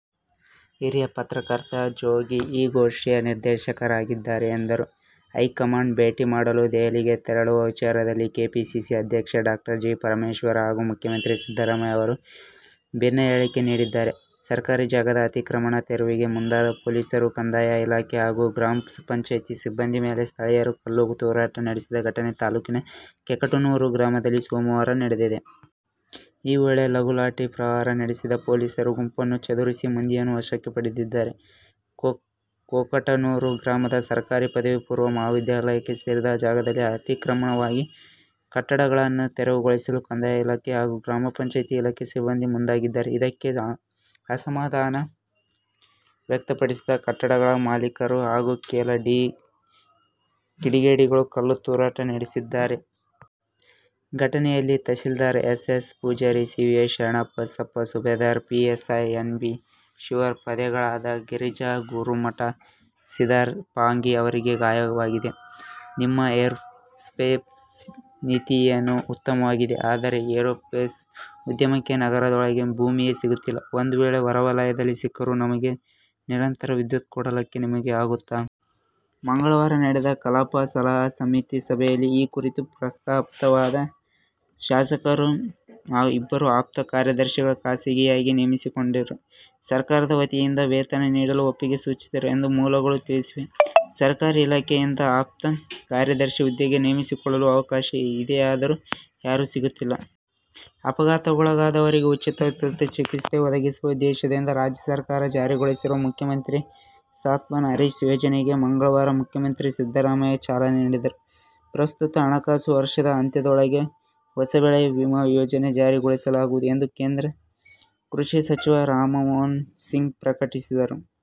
ಹಿರಿಯ ಪತ್ರಕರ್ತ ಜೋಗಿ ಈ ಗೋಷ್ಠಿಯ ನಿರ್ದೇಶಕರಾಗಿದ್ದಾರೆ ಎಂದರು. ಹೈಕಮಾಂಡ್ ಭೇಟಿ ಮಾಡಲು ದೆಹಲಿಗೆ ತೆರಳುವ ವಿಚಾರದಲ್ಲಿ ಕೆಪಿಸಿಸಿ ಅಧ್ಯಕ್ಷ ಡಾ. ಜಿ. ಪರಮೇಶ್ವರ್ ಹಾಗೂ ಮುಖ್ಯಮಂತ್ರಿ ಸಿದ್ದರಾಮಯ್ಯ ಅವರು ಭಿನ್ನ ಹೇಳಿಕೆ ನೀಡಿದ್ದಾರೆ. ಸರ್ಕಾರಿ ಜಾಗದ ಅತಿಕ್ರಮಣ ತೆರವಿಗೆ ಮುಂದಾದ ಪೊಲೀಸರು, ಕಂದಾಯ ಇಲಾಖೆ ಹಾಗೂ ಗ್ರಾಪಂ ಸಿಬ್ಬಂದಿ ಮೇಲೆ ಸ್ಥಳೀಯರು ಕಲ್ಲು ತೂರಾಟ ನಡೆಸಿದ ಘಟನೆ ತಾಲೂಕಿನ ಕೊಕಟನೂರ ಗ್ರಾಮದಲ್ಲಿ ಸೋಮವಾರ ನಡೆದಿದೆ. ಈ ವೇಳೆ ಲಘು ಲಾಠಿ ಪ್ರಹಾರ ನಡೆಸಿದ ಪೊಲೀಸರು ಗುಂಪನ್ನು ಚದುರಿಸಿ, ಮಂದಿಯನ್ನು ವಶಕ್ಕೆ ಪಡೆದಿದ್ದಾರೆ. ಕೊಕಟನೂರು ಗ್ರಾಮದ ಸರ್ಕಾರಿ ಪದವಿ ಪೂರ್ವ ಮಹಾವಿದ್ಯಾಲಯಕ್ಕೆ ಸೇರಿದ ಜಾಗದಲ್ಲಿ ಅತಿಕ್ರಮಣವಾಗಿ ಕಟ್ಟಡಗಳನ್ನು ತೆರವುಗೊಳಿಸಲು ಕಂದಾಯ ಇಲಾಖೆ ಹಾಗೂ ಗ್ರಾಪಂ ಇಲಾಖೆ ಸಿಬ್ಬಂದಿ ಮುಂದಾಗಿದ್ದಾರೆ. ಇದಕ್ಕೆ ಅಸಮಾಧಾನ ವ್ಯಕ್ತಪಡಿಸಿದ ಕಟ್ಟಡಗಳ ಮಾಲೀಕರು ಹಾಗೂ ಕೆಲ ಕಿಡಿಗೇಡಿಗಳು ಕಲ್ಲು ತೂರಾಟ ನಡೆಸಿದ್ದಾರೆ. ಘಟನೆಯಲ್ಲಿ tahsildar S. S. Pujari, CPI Sharanabasappa ಸುಬೇದಾರ, ಪಿಎಸ್ಐ ಎನ್. ಬಿ. ಶಿವೂರ, ಪೇದೆಗಳಾದ ಗಿರಿಜಾ ಗುರುಮಠ, ಶ್ರೀಧರ ಪಾಂಗಿ ಅವರಿಗೆ ಗಾಯವಾಗಿದೆ. ನಿಮ್ಮ ಏರೋಸ್ಪೇಸ್ ನೀತಿಯೇನೋ ಉತ್ತಮವಾಗಿದೆ. ಆದರೆ, ಏರೋಸ್ಪೇಸ್ ಉದ್ಯಮಕ್ಕೆ ನಗರದೊಳಗೆ ಭೂಮಿಯೇ ಸಿಗುತ್ತಿಲ್ಲ. ಒಂದು ವೇಳೆ ಹೊರವಲಯದಲ್ಲೇ ಸಿಕ್ಕರೂ ನಮಗೆ ನಿರಂತರ ವಿದ್ಯುತ್ ಕೊಡಲಿಕ್ಕೆ ನಿಮಗೆ ಆಗುತ್ತಾ? ಮಂಗಳವಾರ ನಡೆದ ಕಲಾಪ ಸಲಹಾ ಸಮಿತಿ ಸಭೆಯಲ್ಲಿ ಈ ಕುರಿತು ಪ್ರಸ್ತಾಪವಾದಾಗ, ಶಾಸಕರು ಇಬ್ಬರು ಆಪ್ತ ಕಾರ್ಯದರ್ಶಿಗಳನ್ನು ಖಾಸಗಿಯಾಗಿ ನೇಮಿಸಿಕೊಂಡರೂ ಸರ್ಕಾರದ ವತಿಯಿಂದ ವೇತನ ನೀಡಲು ಒಪ್ಪಿಗೆ ಸೂಚಿಸಿದರು ಎಂದು ಮೂಲಗಳು ತಿಳಿಸಿವೆ. ಸರ್ಕಾರಿ ಇಲಾಖೆಯಿಂದ ಆಪ್ತ ಕಾರ್ಯದರ್ಶಿ ಹುದ್ದೆಗೆ ನೇಮಿಸಿಕೊಳ್ಳಲು ಅವಕಾಶ ಇದೆಯಾದರೂ ಯಾರೂ ಸಿಗುತ್ತಿಲ್ಲ. ಅಪಘಾತಕ್ಕೊಳಗಾದವರಿಗೆ ಉಚಿತ ತುರ್ತು ಚಿಕಿತ್ಸೆ ಒದಗಿಸುವ ಉದ್ದೇಶದಿಂದ ರಾಜ್ಯ ಸರ್ಕಾರ ಜಾರಿಗೊಳಿಸಿರುವ "ಮುಖ್ಯಮಂತ್ರಿ ಸಾಂತ್ವನ ಹರೀಶ್ ಯೋಜನೆಗೆ"ಗೆ ಮಂಗಳವಾರ ಮುಖ್ಯಮಂತ್ರಿ ಸಿದ್ದರಾಮಯ್ಯ ಚಾಲನೆ ನೀಡಿದರು. ಪ್ರಸ್ತುತ ಹಣಕಾಸು ವರ್ಷದ ಅಂತ್ಯದೊಳಗೆ ಹೊಸ ಬೆಳೆ ವಿಮಾ ಯೋಜನೆ ಜಾರಿಗೊಳಿಸಲಾಗುವುದು ಎಂದು ಕೇಂದ್ರ ಕೃಷಿ ಸಚಿವ ರಾಧಾಮೋಹನ್ ಸಿಂಗ್ ಪ್ರಕಟಿಸಿದರು.